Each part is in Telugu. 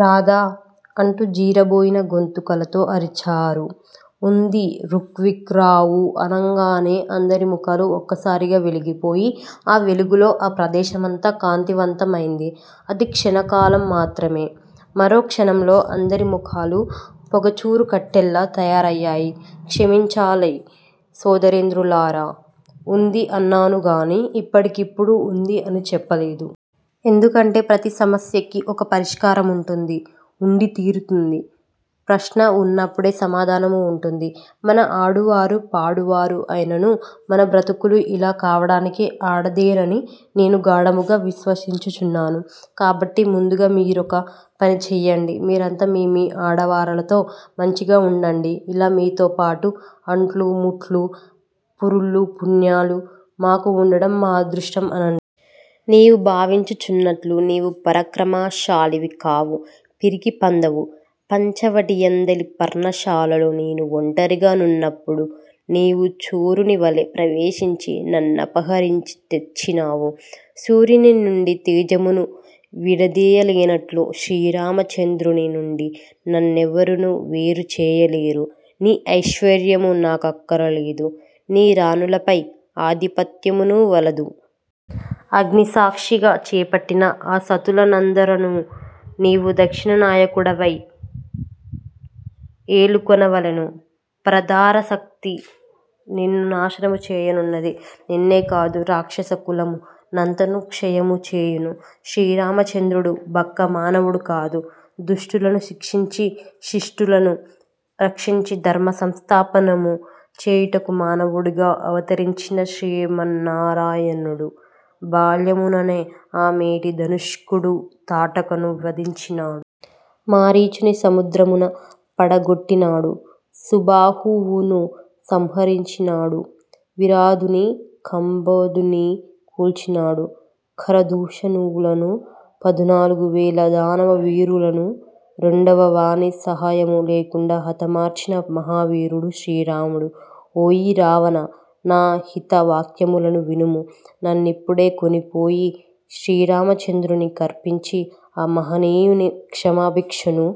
రాదా! అంటూ జీరబోయిన గొంతుకలతో అరిచారు. ఉంది రుక్ విక్ రావు అనంగానే అందరి ముఖాలు ఒక్కసారిగా వెలిగిపోయి ఆ వెలుగులో ఆ ప్రదేశమంతా కాంతివంతమైంది. అది క్షణకాలం మాత్రమే. మరో క్షణంలో అందరి ముఖాలూ పొగచూరుకట్టెల్లా తయారయ్యాయి. క్షమించాలి సోదరేంద్రులారా! వుంది అన్నానుగాని ఇప్పటికిప్పుడే వుంది అని చెప్పలేదు. ఎందుకంటే ప్రతిసమస్యకి ఒక పరిష్కారముంటుంది వుండి తీరుతుంది. ప్రశ్న వున్నప్పుడే సమాధానమూ వుంటుంది. మన ఆడువారు పాడువారు అయినను మన బ్రతుకులు యిలా కావటానికి ఆడదేనని నేను గాఢముగా విశ్వసించుచున్నాను కాబట్టి ముందుగా మీరొక పని చెయ్యండి. మీరంతా మీమీ ఆడవారలతో మంచిగా వుండండి. ఇలా మీతో పాటు అంట్లు-ముట్లు పురుళ్ళు పుణ్యాలూ మాకు వుండటం మా అదృష్టం అనండి. నీవు భావించుచున్నట్లు నీవు పరాక్రమశాలివి కావు; పిరికిపందవు! పంచవటి యందలి పర్ణశాలలో నేను ఒంటరిగా నున్నప్పుడు నీవు చోరుని వలె ప్రవేశించి నన్నపహరించి తెచ్చినావు! సూర్యుని నుండి తేజమును విడదీయలేనట్లు శ్రీరామచంద్రుని నుండి నన్నెవరును వేరు చేయలేరు. నీ ఐశ్వర్యము నాకక్కరలేదు. నీ రాణులపై ఆధిపత్యమును వలదు. అగ్నిసాక్షిగ చేపట్టిన ఆ సతులనందరనూ నీవు దక్షిణ నాయకుడవై ఏలుకొనవలెను పరదారాసక్తి నిన్ను నాశనము చేయనున్నది. నిన్నే కాదు, రాక్షస కులము నంతను క్షయముచేయును. శ్రీరామచంద్రుడు బక్క మానవుడు కాదు; దుష్టులను శిక్షించి, శిష్టులను రక్షించి ధర్మ సంస్థాపనము చేయుటకు మానవుడుగా అవతరించిన శ్రీమన్నారాయణుడు! బాల్యముననే ఆ మేటి ధానుష్కుడు తాటకను వధించినాడు. మారీచుని సముద్రమున పడగొట్టినాడు. సుబాహువును సంహారించినాడు. విరాధునీ కంబధునీ కూల్చినాడు. ఖరదూషణులనూ పదునాలుగువేల దానవ వీరులనూ రెండవవాని సాహాయ్యము లేకుండ హతమార్చిన మహావీరుడు శ్రీరాముడు! ఓయీ రావణా నా హిత వాక్యములను వినుము. నన్నిప్పుడే కొనిపోయి శ్రీరామచంద్రుని కర్పించి ఆ మహనీయుని క్షమాభిక్షణు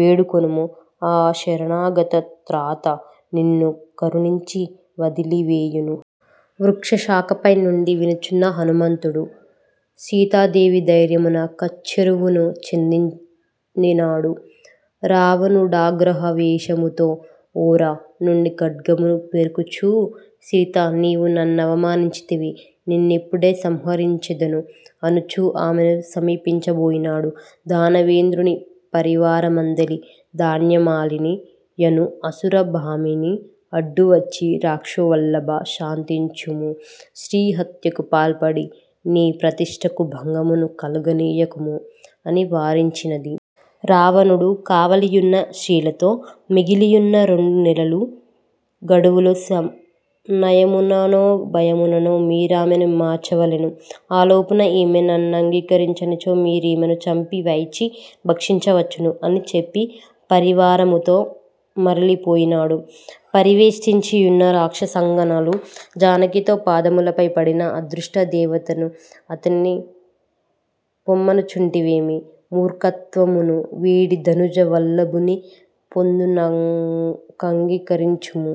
వేడుకొనుము. ఆ శరణాగత త్రాత నిన్ను కరుణించి వదలివేయును. వృక్షశాఖపై నుండి వినుచున్న హనుమంతుడు సీతాదేవి ధైర్యమున కచ్చెరువును చెందినాడు. రావణుడాగ్రహావేశముతో ఒఱ నుండి ఖడ్గమును పెఱుకుచూ సీతా, నీవు నన్నవమానించితివి! నిన్నిప్పుడే సంహరించెదను! అనుచు ఆమెను సమీపించబోయినాడు. దానవేంద్రుని పరివారమందలి 'ధాన్యమాలిని' యను అసుర భామిని అడ్డువచ్చి రక్షోవల్లభా శాంతించుము, స్త్రీ హత్యకు పాల్పడి నీ ప్రతిష్ఠకు భంగమును కలుగనీయకుము అని వారించినది. రావణుడు కావలియున్న స్త్రీలతో, మిగిలియున్న రెండు నెలల గడువులో నయముననో భయముననో మీరామెను మార్చవలెను. ఆలోపున ఈమె నన్నంగీకరించనిచో మీరీమెను చంపి వైచి భక్షించవచ్చును అని చెప్పి పరివారముతో మరలిపోయినాడు. పరివేష్టించియున్న రాక్షసాంగనలు జానకితో పాదములపై పడిన అదృష్ట దేవతను ఆతన్ని పొమ్మనుచుంటివేమి? మూర్ఖత్వమును వీడి దనుజ వల్లభుని పొందునకంగీకరించుము.